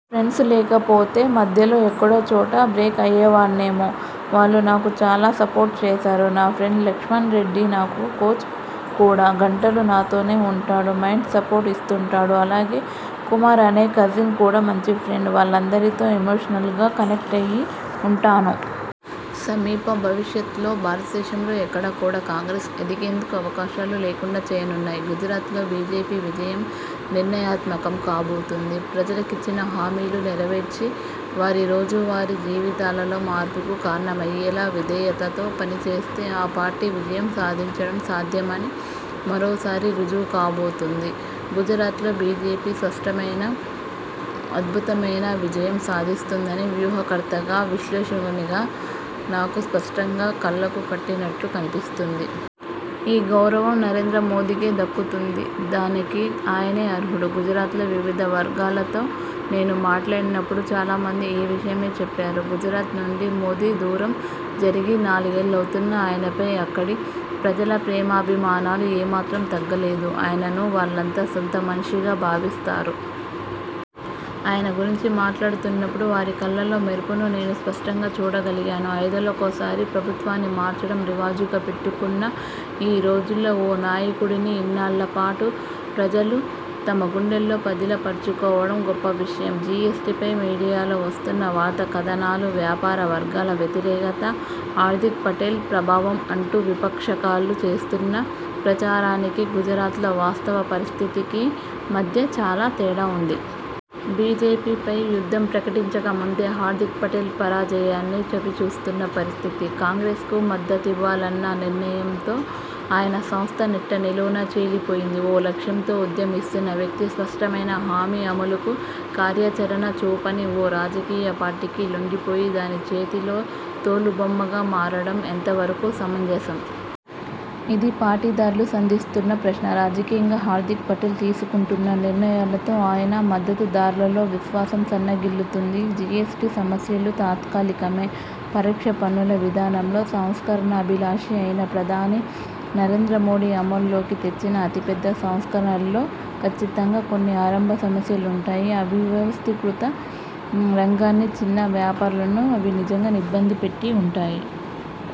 Friends లేకపోతే మధ్యలో ఎక్కడో చోట బ్రేక్ అయ్యేవాడ్నేమో. వాళ్లు నాకు చాలా సపోర్ట్ చేశారు. నా ఫ్రెండ్ లక్ష్మణ్రెడ్డి నాకు కోచ్ కూడా. గంటలూ నాతోనే ఉంటాడు. మైండ్ సపోర్ట్ ఇస్తుంటాడు. అలాగే కుమార్ అనే కజిన్ కూడా మంచి ఫ్రెండ్. వాళ్లందరితో ఎమోషనల్గా కనెక్టయి ఉంటాను. సమీప భవిష్యత్లో భారతదేశంలో ఎక్కడా కూడా కాంగ్రెస్ ఎదిగేందుకు అవకాశాలు లేకుండా చేయనున్నాయి. గుజరాత్లో బీజేపీ విజయం నిర్ణయాత్మకం కాబోతోంది. ప్రజలకిచ్చిన హామీలు నెరవేర్చి వారి రోజువారీ జీవితాలలో మార్పుకు కారణమయ్యేలా విధేయతతో పనిచేస్తే ఆ పార్టీ విజయం సాధించడం సాధ్యమని మరోసారి రుజువుకాబోతోంది. గుజరాత్లో బీజేపీ స్పష్టమైన, అద్భుతమైన విజయం సాధిస్తుందని వ్యూహకర్తగా, విశ్లేషకునిగా నాకు స్పష్టంగా కళ్లకు కట్టినట్లు కనిపిస్తోంది. ఈ గౌరవం నరేంద్ర మోదీకే దక్కుతుంది. దానికి ఆయనే అర్హుడు. గుజరాత్లో వివిధ వర్గాలతో నేను మాట్లాడినప్పుడు చాలా మంది ఈ విషయమే చెప్పారు. గుజరాత్ నుండి మోదీ దూరం జరిగి నాలుగేళ్లవుతున్నా ఆయనపై అక్కడి ప్రజల ప్రేమాభిమానాలు ఏమాత్రం తగ్గలేదు. ఆయనను వాళ్లంతా సొంత మనిషిగా భావిస్తారు. ఆయన గురించి మాట్లాడుతున్నప్పుడు వారి కళ్లల్లో మెరుపును నేను స్పష్టంగా చూడగలిగాను. ఐదేళ్లకోసారి ప్రభుత్వాన్ని మార్చడం రివాజుగా పెట్టుకున్న ఈ రోజుల్లో ఓ నాయకుడిని ఇన్నాళ్ల పాటు ప్రజలు తమ గుండెల్లో పదిల పరచుకోవడం గొప్ప విషయం. జీఎస్టీపై మీడియాలో వస్తున్న వార్తా కథనాలు, వ్యాపార వర్గాల వ్యతిరేకత, హార్ధిక్ పటేల్ ప్రభావం అంటూ విపక్షాలు చేస్తున్న ప్రచారానికీ, గుజరాత్లో వాస్తవ పరిస్థితికీ మధ్య చాలా తేడా ఉంది. బీజేపీపై యుద్ధం ప్రకటించకముందే హార్ధిక్ పటేల్ పరాజయాన్ని చవిచూస్తున్న పరిస్థితి. కాంగ్రెస్కు మద్దతివ్వాలన్న నిర్ణయంతో ఆయన సంస్థ నిట్టనిలువునా చీలిపోయింది. ఓ లక్ష్యంతో ఉద్యమిస్తున్న వ్యక్తి స్పష్టమైన హామీ, అమలుకు కార్యాచరణ చూపని ఓ రాజకీయ పార్టీకి లొంగిపోయి దాని చేతిలో తోలు బొమ్మగా మారడం ఎంతవరకు సమంజసం? ఇది పాటీదార్లు సంధిస్తున్న ప్రశ్న. రాజకీయంగా హార్ధిక్ పటేల్ తీసుకుంటున్న నిర్ణయాలతో ఆయన మద్దతుదార్లలో విశ్వాసం సన్నగిల్లుతోంది. జీఎస్టీ సమస్యలు తాత్కాలికమే. పరోక్ష పన్నుల విధానంలో సంస్కరణాభిలాషి అయిన ప్రధాని నరేంద్ర మోదీ అమల్లోకి తెచ్చిన అతిపెద్ద సంస్కరణల్లో కచ్చితంగా కొన్ని ఆరంభ సమస్యలుంటాయి. అవ్యవస్థీకృత రంగాన్ని, చిన్న వ్యాపారులను అవి నిజంగా ఇబ్బంది పెట్టి ఉంటాయి.